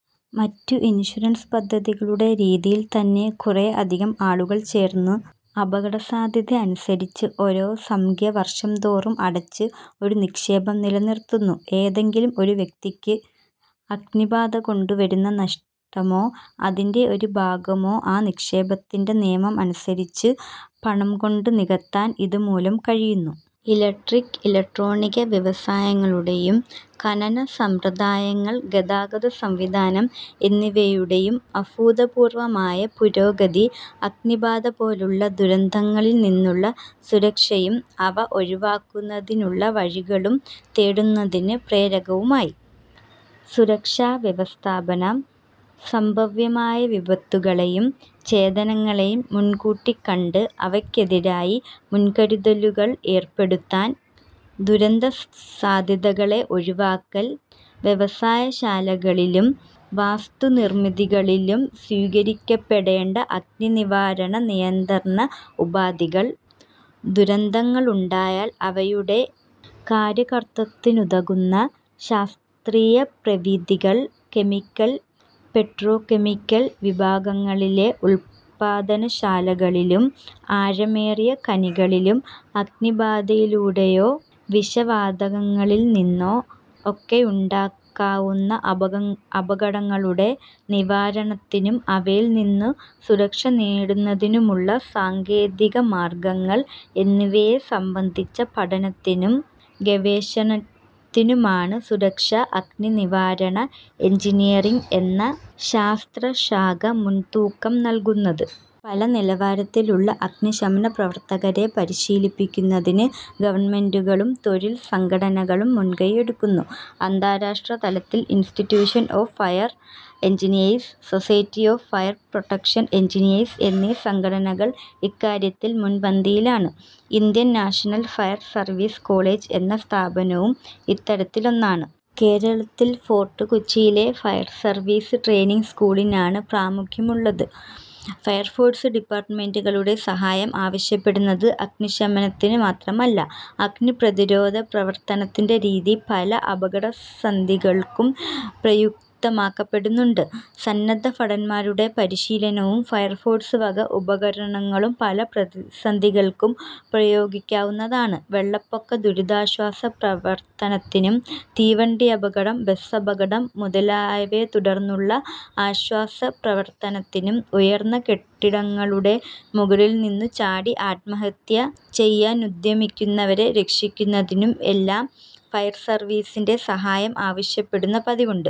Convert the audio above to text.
മറ്റു ഇൻഷുറൻസ് പദ്ധതികളുടെ രീതിയിൽ തന്നെ, കുറെ അധികം ആളുകൾ ചേർന്ന് അപകടസാധ്യത അനുസരിച്ച് ഓരോ സംഖ്യ വർഷംതോറും അടച്ച് ഒരു നിക്ഷേപം നിലനിർത്തുന്നു. ഏതെങ്കിലും ഒരു വ്യക്തിക്ക് അഗ്നിബാധകൊണ്ടു വരുന്ന നഷ്ടമോ, അതിന്റെ ഒരു ഭാഗമോ ആ നിക്ഷേപത്തിന്റെ നിയമം അനുസരിച്ച് പണംകൊണ്ടു നികത്താൻ ഇതുമൂലം കഴിയുന്നു. ഇലക്ട്രിക്-ഇലക്ട്രോണിക വ്യവസായങ്ങളുടേയും ഖനനസമ്പ്രദായങ്ങൾ, ഗതാഗത സംവിധാനം എന്നിവയുടേയും അഭൂതപൂർവമായ പുരോഗതി അഗ്നിബാധപോലുള്ള ദുരന്തങ്ങളിൽനിന്നുള്ള സുരക്ഷയും അവ ഒഴിവാക്കുന്നതിനുള്ള വഴികളും തേടുന്നതിന് പ്രേരകവുമായി. സുരക്ഷാവ്യവസ്ഥാപനം, സംഭവ്യമായ വിപത്തുകളേയും ചേതങ്ങളേയും മുൻകൂട്ടിക്കണ്ട് അവയ്ക്കെതിരായി മുൻകരുതലുകൾ ഏർപ്പെടുത്താൻ ദുരന്തസാധ്യതകളെ ഒഴിവാക്കൽ, വ്യവസായശാലകളിലും വാസ്തുനിർമിതികളിലും സ്വീകരിക്കപ്പെടേണ്ട അഗ്നിനിവാരണ നിയന്ത്രണ ഉപാധികൾ, ദുരന്തങ്ങളുണ്ടായാൽ അവയുടെ കാര്യകർതൃത്വത്തിനുതകുന്ന ശാസ്ത്രീയ പ്രതിധികൾ, കെമിക്കൽ, പെട്രോകെമിക്കൽ വിഭാഗങ്ങളിലെ ഉത്പാദനശാലകളിലും ആഴമേറിയ ഖനികളിലും അഗ്നിബാധയിലൂടെയോ വിഷവാതകങ്ങളിൽ നിന്നോ ഒക്കെ ഉണ്ടാക്കാവുന്ന അപകടങ്ങളുടെ നിവാരണത്തിനും അവയിൽനിന്നു സുരക്ഷനേടുന്നതിനുമുള്ള സാങ്കേതികമാർഗങ്ങൾ എന്നിവയെ സംബന്ധിച്ച പഠനത്തിനും, ഗവേഷണത്തിനുമാണ് സുരക്ഷാ അഗ്നിനിവാരണ എൻജിനിയറിങ് എന്ന ശാസ്ത്രശാഖ മുൻതൂക്കം നല്കുന്നത്. പല നിലവാരത്തിലുള്ള അഗ്നിശമന പ്രവർത്തകരെ പരിശീലിപ്പിക്കുന്നതിന് ഗവൺമെന്റുകളും തൊഴിൽ സംഘടനകളും മുൻകൈ എടുക്കുന്നു. അന്താരാഷ്ട്ര തലത്തിൽ 'Institution of Fire Engineers', 'Society of Fire Protection Engineers' എന്നീ സംഘടനകൾ ഇക്കാര്യത്തിൽ മുൻപന്തിയിലാണ്. Indian national fire service college എന്ന സ്ഥാപനവും ഇത്തരത്തിലൊന്നാണ്. കേരളത്തിൽ ഫോർട്ട് കൊച്ചിയിലെ ഫയർ സർവീസ് ട്രെയിനിങ് സ്കൂളിനാണ് പ്രാമുഖ്യമുള്ളത്. ഫയർഫോഴ്സ് ഡിപ്പാർട്ടുമെന്റുകളുടെ സഹായം ആവശ്യപ്പെടുന്നത് അഗ്നിശമനത്തിനു മാത്രമല്ല അഗ്നി പ്രതിരോധപ്രവർത്തനത്തിന്റെ രീതി പല അപകടസന്ധികൾക്കും പ്രയുക്തമാക്കപ്പെടുന്നുണ്ട്. സന്നദ്ധഭടൻമാരുടെ പരിശീലനവും ഫയർഫോഴ്സ് വക ഉപകരണങ്ങളും പല പ്രതിസന്ധികൾക്കും പ്രയോഗിക്കാവുന്നതാണ്. വെള്ളപ്പൊക്കദുരിതാശ്വാസ പ്രവർത്തനത്തിനും തീവണ്ടിയപകടം, ബസ്സപകടം മുതലായവയെത്തുടർന്നുള്ള ആശ്വാസപ്രവർത്തനത്തിനും ഉയർന്ന കെട്ടിടങ്ങളുടെ മുകളിൽ നിന്നുചാടി ആത്മഹത്യ ചെയ്യാനുദ്യമിക്കുന്നവരെ രക്ഷിക്കുന്നതിനും എല്ലാം ഫയർസർവീസിന്റെ സഹായം ആവശ്യപ്പെടുന്ന പതിവുണ്ട്.